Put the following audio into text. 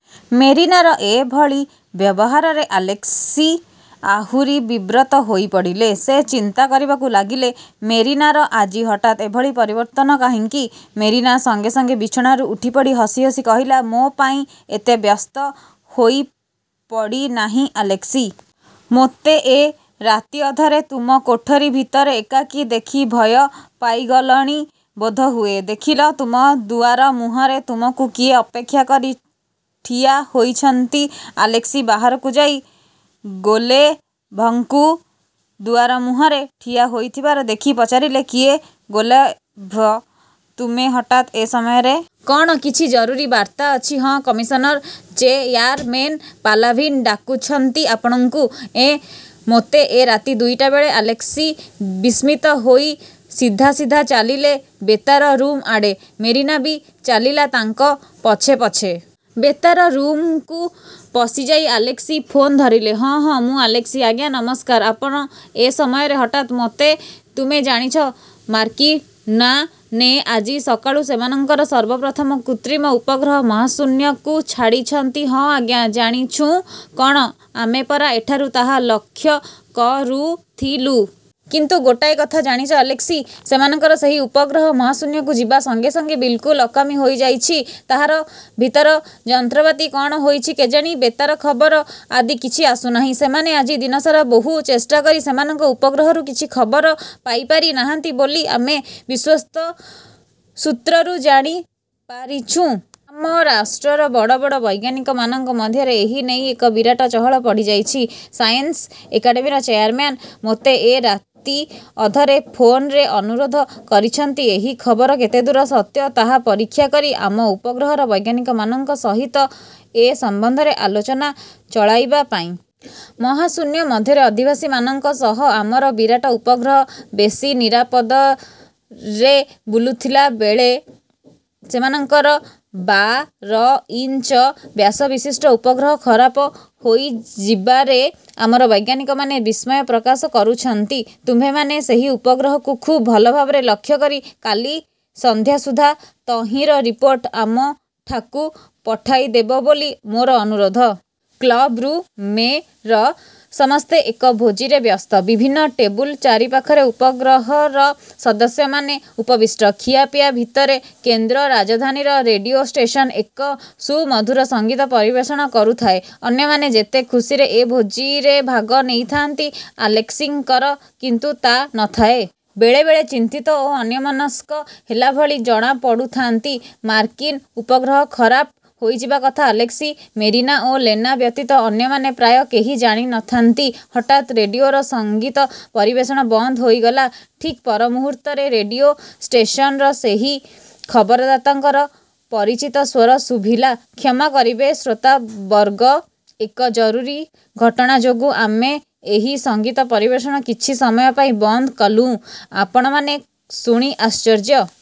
'' ମେରିନାର ଏଭଳି ବ୍ୟବହାରରେ ଆଲେସ୍କି ଆହୁରି ବିବ୍ରତ ହୋଇ ପଡ଼ିଲେ। ସେ ଚିନ୍ତା କରିବାକୁ ଲାଗିଲେ, ମେରିନାର ଆଜି ହଠାତ୍ ଏଭଳି ପରିବର୍ତ୍ତନ କାହିଁକି? ମେରିନା ସଙ୍ଗେ ସଙ୍ଗେ ବିଛଣାରୁ ଉଠିପଡ଼ି ହସି ହସି କହିଲା, ''ମୋ ପାଇଁ ଏତେ ବ୍ୟସ୍ତ ହୋଇପଡ଼ି ନାହିଁ ଆଲେସ୍କି! ମୋତେ ଏ ରାତିଅଧରେ ତୁମ କୋଠରି ଭିତରେ ଏକାକୀ ଦେଖି ଭୟ ପାଇଗଲଣି ବୋଧହୁଏ? ଦେଖିଲ, ତୁମ ଦୁଆରମୁହଁରେ ତୁମକୁ କିଏ ଅପେକ୍ଷା କରି ଠିଆ ହୋଇଛନ୍ତି। '' ଆଲେସ୍କି ବାହାରକୁ ଯାଇ, ଗୋଲେଭ୍ଙ୍କୁ ଦୁଆରମୁହଁରେ ଠିଆ ହୋଇଥିବାର ଦେଖି ପଚାରିଲେ, ''କିଏ ଗୋଲେଭ୍, ତୁମେ ହଠାତ୍ ଏ ସମୟରେ? କ'ଣ କିଛି ଜରୁରୀ ବାର୍ତ୍ତା ଅଛି? '' ''ହଁ, କମିଶନ୍ର ଚେୟାରମେନ୍ ପାଲାଭିନ୍ ଡାକୁଛନ୍ତି ଆପଣଙ୍କୁ। '' ''ଏଁ, ମୋତେ, ଏ ରାତି ଦୁଇଟା ବେଳେ? '' ଆଲେସ୍କି ବିସ୍ମିତ ହୋଇ ସିଧା ସିଧା ଚାଲିଲେ ବେତାର ରୁମ୍ଆଡ଼େ। ମେରିନା ବି ଚାଲିଲା ତାଙ୍କ ପଛେ ପଛେ। ବେତାର ରୁମ୍କୁ ପଶିଯାଇ ଆଲେସ୍କି ଫୋନ୍ ଧରିଲେ, ''ହଁ, ହଁ, ମୁଁ ଆଲେସ୍କି। ଆଜ୍ଞା, ନମସ୍କାର। ଆପଣ ଏ ସମୟରେ ହଠାତ୍ ମୋତେ...? '' ''ତୁମେ ଜାଣିଛ ମାର୍କିନ୍ମାନେ ଆଜି ସକାଳୁ ସେମାନଙ୍କର ସର୍ବପ୍ରଥମ କୃତ୍ରିମ ଉପଗ୍ରହ ମହାଶୂନ୍ୟକୁ ଛାଡ଼ିଛନ୍ତି? '' ''ହଁ, ଆଜ୍ଞା, ଜାଣିଛୁଁ କ'ଣ, ଆମେ ପରା ଏଠାରୁ ତାହା ଲକ୍ଷ୍ୟ କରୁଥିଲୁ। '' ''କିନ୍ତୁ ଗୋଟାଏ କଥା ଜାଣିଛ ଆଲେସ୍କି? ସେମାନଙ୍କର ସେହି ଉପଗ୍ରହ ମହାଶୂନ୍ୟକୁ ଯିବା ସଙ୍ଗେ ସଙ୍ଗେ ବିଲ୍କୁଲ୍ ଅକାମୀ ହୋଇଯାଇଛି। ତାହାର ଭିତର ଯନ୍ତ୍ରପାତି କ'ଣ ହୋଇଛି କେଜାଣି, ବେତାର ଖବର ଆଦି କିଛି ଆସୁନାହିଁ। ସେମାନେ ଆଜି ଦିନସାରା ବହୁ ଚେଷ୍ଟାକରି ସେମାନଙ୍କ ଉପଗ୍ରହରୁ କିଛି ଖବର ପାଇପାରି ନାହାନ୍ତି ବୋଲି ଆମେ ବିଶ୍ୱସ୍ତ ସୂତ୍ରରୁ ଜାଣିପାରିଛୁଁ-। ଆମ ରାଷ୍ଟ୍ରର ବଡ଼ ବଡ଼ ବୈଜ୍ଞାନିକମାନଙ୍କ ମଧ୍ୟରେ ଏହି ନେଇ ଏକ ବିରାଟ ଚହଳ ପଡ଼ିଯାଇଛି। ସାଏନ୍ସ ଏକାଡ଼େମୀର ଚେୟାରମ୍ୟାନ୍ ମୋତେ ଏ ରାତିଅଧରେ ଫୋନ୍ରେ ଅନୁରୋଧ କରିଛନ୍ତି ଏହି ଖବର କେତେଦୂର ସତ୍ୟ ତାହା ପରୀକ୍ଷା କରି ଆମ ଉପଗ୍ରହର ବୈଜ୍ଞାନିକମାନଙ୍କ ସହିତ ଏ ସମ୍ବନ୍ଧରେ ଆଲୋଚନା ଚଳାଇବା ପାଇଁ। ମହାଶୂନ୍ୟ ମଧ୍ୟରେ ଅଧିବାସୀମାନଙ୍କ ସହ ଆମର ବିରାଟ ଉପଗ୍ରହ ବେଶ୍ନିରାପଦରେ ବୁଲୁଥିଲାବେଳେ ସେମାନଙ୍କର ବାରଇଞ୍ଚ ବ୍ୟାସବିଶିଷ୍ଟ ଉପଗ୍ରହ ଖରାପ ହୋଇଯିବାରେ ଆମର ବୈଜ୍ଞାନିକମାନେ ବିସ୍ମୟ ପ୍ରକାଶ କରୁଛନ୍ତି-। ତୁମ୍ଭେମାନେ ସେହି ଉପଗ୍ରହକୁ ଖୁବ୍ ଭଲ ଭାବରେ ଲକ୍ଷ୍ୟକରି କାଲି ସନ୍ଧ୍ୟା ସୁଦ୍ଧା ତହିଁର ରିପୋର୍ଟ ଆମଠାକୁ ପଠାଇଦେବ ବୋଲି ମୋର ଅନୁରୋଧ। '' କ୍ଲବ୍ରୁମ୍ରେ ସମସ୍ତେ ଏକ ଭୋଜିରେ ବ୍ୟସ୍ତ। ବିଭିନ୍ନ ଟେବୁଲ ଚାରିପାଖରେ ଉପଗ୍ରହର ସଦସ୍ୟମାନେ ଉପବିଷ୍ଟ। ଖିଆପିଆ ଭିତରେ କେନ୍ଦ୍ର ରାଜଧାନୀର ରେଡ଼ିଓ ଷ୍ଟେସନ ଏକ ସୁମଧୁର ସଙ୍ଗୀତ ପରିବେଷଣ କରୁଥାଏ। ଅନ୍ୟମାନେ ଯେତେ ଖୁସିରେ ଏ ଭୋଜିରେ ଭାଗ ନେଇଥାନ୍ତି, ଆଲେସ୍କିଙ୍କର କିନ୍ତୁ ତା' ନଥାଏ। ବେଳେବେଳେ ଚିନ୍ତିତ ଓ ଅନ୍ୟମନସ୍କ ହେଲାଭଳି ଜଣାପଡ଼ୁଥାନ୍ତି। ମାର୍କିନ୍ ଉପଗ୍ରହ ଖରାପ ହୋଇଯିବା କଥା ଆଲେସ୍କି, ମେରିନା ଓ ଲେନା ବ୍ୟତୀତ ଅନ୍ୟମାନେ ପ୍ରାୟ କେହି ଜାଣି ନଥାନ୍ତି। ହଠାତ୍ ରେଡ଼ିଓର ସଙ୍ଗୀତ ପରିବେଷଣ ବନ୍ଦ ହୋଇଗଲା। ଠିକ୍ ପରମୁହୂର୍ତ୍ତରେ ରେଡ଼ିଓ ଷ୍ଟେସନର ସେହି ଖବରଦାତାଙ୍କର ପରିଚିତ ସ୍ୱର ଶୁଭିଲା, ''କ୍ଷମା କରିବେ, ଶ୍ରୋତାବର୍ଗ, ଏକ ଜରୁରୀ ଘଟଣା ଯୋଗୁଁ ଆମେ ଏହି ସଙ୍ଗୀତ ପରିବେଷଣ କିଛି ସମୟ ପାଇଁ ବନ୍ଦ କଲୁଁ। ଆପଣମାନେ ଶୁଣି ଆଶ୍ଚର୍ଯ୍ୟ